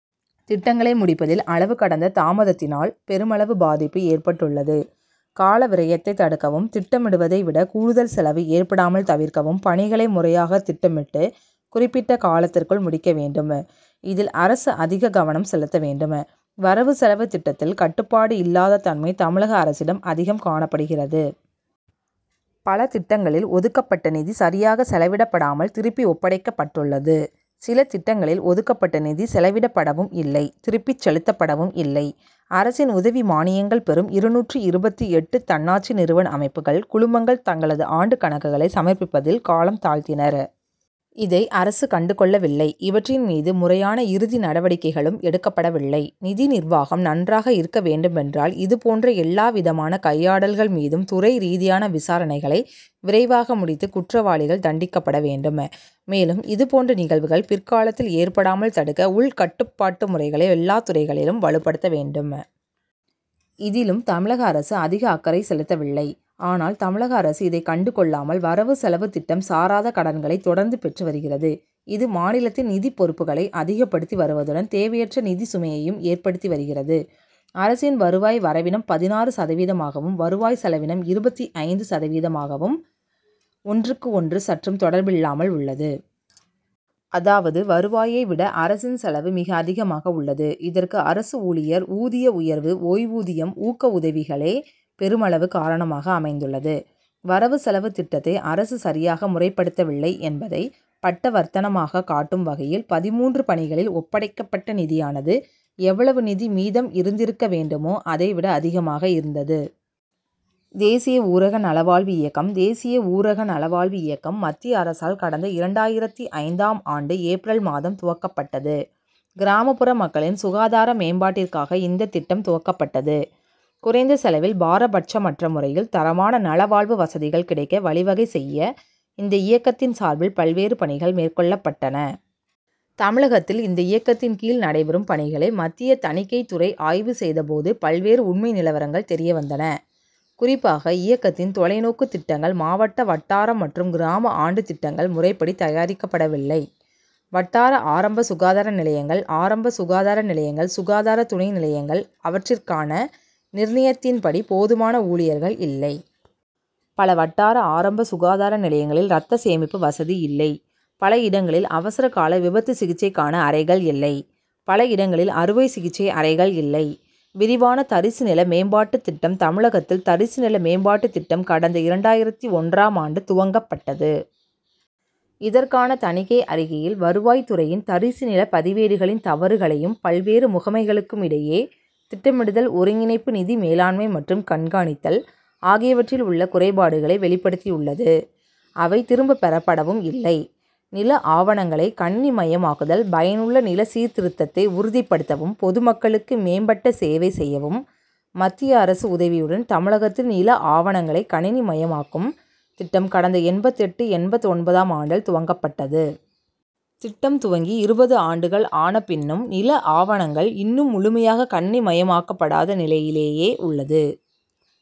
திட்டங்களை முடிப்பதில் அளவு கடந்த தாமதத்தினால் பெருமளவு பாதிப்பு ஏற்பட்டுள்ளது. கால விரயத்தை தடுக்கவும் திட்டமிடுவதை விட கூடுதல் செலவு ஏற்படாமல் தவிர்க்கவும் பணிகளை முறையாக திட்டமிட்டு குறிப்பிட்ட காலத்திற்குள் முடிக்க வேண்டும். இதில் அரசு அதிக கவனம் செலுத்த வேண்டும். வரவு செலவு திட்டத்தில் கட்டுப்பாடு இல்லாத தன்மை தமிழக அரசிடம் அதிகம் காணப்படுகிறது. பல திட்டங்களில் ஒதுக்கப்பட்ட நிதி சரியாக செலவிடப்படாமல் திருப்பி ஒப்படைக்கப்பட்டுள்ளது. சில திட்டங்களில் ஒதுக்கப்பட்ட நிதி செலவிடப்படவும் இல்லை. திருப்பிச் செலுத்தப்படவும் இல்லை. அரசின் உதவி மானியங்கள் பெறும் இருநூற்று இருபத்து எட்டு தன்னாட்சி நிறுவன அமைப்புகள் குழுமங்கள் தங்களது ஆண்டு கணக்குகளை சமர்ப்பிப்பதில் காலம் தாழ்த்தினர். இதை அரசு கண்டு கொள்ளவில்லை. இவற்றின் மீது முறையான இறுதி நடவடிக்கைகளும் எடுக்கப்படவில்லை. நிதி நிர்வாகம் நன்றாக இருக்க வேண்டுமென்றால் இது போன்ற எல்லாவிதமான கையாடல்கள் மீதும் துறை ரீதியான விசாரணைகளை விரைவாக முடித்து குற்றவாளிகள் தண்டிக்கப்பட வேண்டும். மேலும் இது போன்ற நிகழ்வுகள் பிற்காலத்தில் ஏற்படாமல் தடுக்க உள் கட்டுப்பாட்டு முறைகளை எல்லாத்துறைகளிலும் வலுப்படுத்த வேண்டும். இதிலும் தமிழக அரசு அதிக அக்கறை செலுத்தவில்லை. ஆனால் தமிழக அரசு இதை கண்டு கொள்ளாமல் வரவு செலவு திட்டம் சாராத கடன்களை தொடர்ந்து பெற்று வருகிறது. இது மாநிலத்தின் நிதிப் பொறுப்புகளை அதிகப்படுத்தி வருவதுடன் தேவையற்ற நிதி சுமையையும் ஏற்படுத்தி வருகிறது. அரசின் வருவாய் வரவினம் பதினாறு சதவீதமாகவும் வருவாய் செலவினம் இருபத்து ஐந்து சதவீதமாகவும் ஒன்றுக்கு ஒன்று சற்றும் தொடர்பில்லாமல் உள்ளது. அதாவது வருவாயை விட அரசின் செலவு மிக அதிகமாக உள்ளது. இதற்கு அரசு ஊழியர் ஊதிய உயர்வு ஓய்வூதியம் ஊக்க உதவிகளே பெருமளவு காரணமாக அமைந்துள்ளது. வரவு செலவு திட்டத்தை அரசு சரியாக முறைப்படுத்தவில்லை என்பதை பட்டவர்த்தனமாக காட்டும் வகையில் பதிமூன்று பணிகளில் ஒப்படைக்கப்பட்ட நிதியானது எவ்வளவு நிதி மீதம் இருந்திருக்க வேண்டுமோ அதை விட அதிகமாக இருந்தது. தேசிய ஊரக நலவாழ்வு இயக்கம் தேசிய ஊரக நல வாழ்வு இயக்கம் மத்திய அரசால் கடந்த இரண்டாயிரத்து ஐந்தாம் ஆண்டு ஏப்ரல் மாதம் துவக்கப்பட்டது. கிராமப்புற மக்களின் சுகாதார மேம்பாட்டிற்காக இந்த திட்டம் துவக்கப்பட்டது. குறைந்த செலவில் பாரபட்சமற்ற முறையில் தரமான நல வாழ்வு வசதிகள் கிடைக்க வழி வகை செய்ய இந்த இயக்கத்தின் சார்பில் பல்வேறு பணிகள் மேற்கொள்ளப்பட்டன. தமிழகத்தில் இந்த இயக்கத்தின் கீழ் நடைபெறும் பணிகளை மத்திய தணிக்கை துறை ஆய்வு செய்த போது பல்வேறு உண்மை நிலவரங்கள் தெரிய வந்தன. குறிப்பாக இயக்கத்தின் தொலைநோக்குத் திட்டங்கள் மாவட்ட வட்டார மற்றும் கிராம ஆண்டு திட்டங்கள் முறைப்படி தயாரிக்கப்படவில்லை. வட்டார ஆரம்ப சுகாதார நிலையங்கள் ஆரம்ப சுகாதார நிலையங்கள் சுகாதார துணை நிலையங்கள் அவற்றிற்கான நிர்ணயத்தின் படி போதுமான ஊழியர்கள் இல்லை. பல வட்டார ஆரம்ப சுகாதார நிலையங்களில் ரத்த சேமிப்பு வசதி இல்லை. பல இடங்களில் அவசர கால விபத்து சிகிச்சைக்கான அறைகள் இல்லை. பல இடங்களில் அறுவை சிகிச்சை அறைகள் இல்லை. விரிவான தரிசு நில மேம்பாட்டுத் திட்டம் தமிழகத்தில் தரிசு நில மேம்பாட்டு திட்டம் கடந்த இரண்டாயிரத்து ஒன்றாம் ஆண்டு துவங்கப்பட்டது. இதற்கான தணிக்கை அறிக்கையில் வருவாய் துறையின் தரிசு நில பதிவேடுகளின் தவறுகளையும் பல்வேறு முகமைகளுக்கிடையே திட்டமிடுதல் ஒருங்கிணைப்பு நிதி மேலாண்மை மற்றும் கண்காணித்தல் ஆகியவற்றில் உள்ள குறைபாடுகளை வெளிப்படுத்தியுள்ளது. அவை திரும்ப பெறப்படவும் இல்லை. நில ஆவணங்களை கணினிமயமாக்குதல் பயனுள்ள நில சீர்திருத்தத்தை உறுதிபடுத்தவும் பொதுமக்களுக்கு மேம்பட்ட சேவை செய்யவும் மத்திய அரசு உதவியுடன் தமிழகத்தில் நில ஆவணங்களை கணினிமயமாக்கும் திட்டம் கடந்த எண்பத்தெட்டு எண்பத்தொன்பதாம் ஆண்டில் துவங்கப்பட்டது. திட்டம் துவங்கி இருபது ஆண்டுகள் ஆன பின்னும் நில ஆவணங்கள் இன்னும் முழுமையாக கணினிமயமாக்கப்படாத நிலையிலேயே உள்ளது.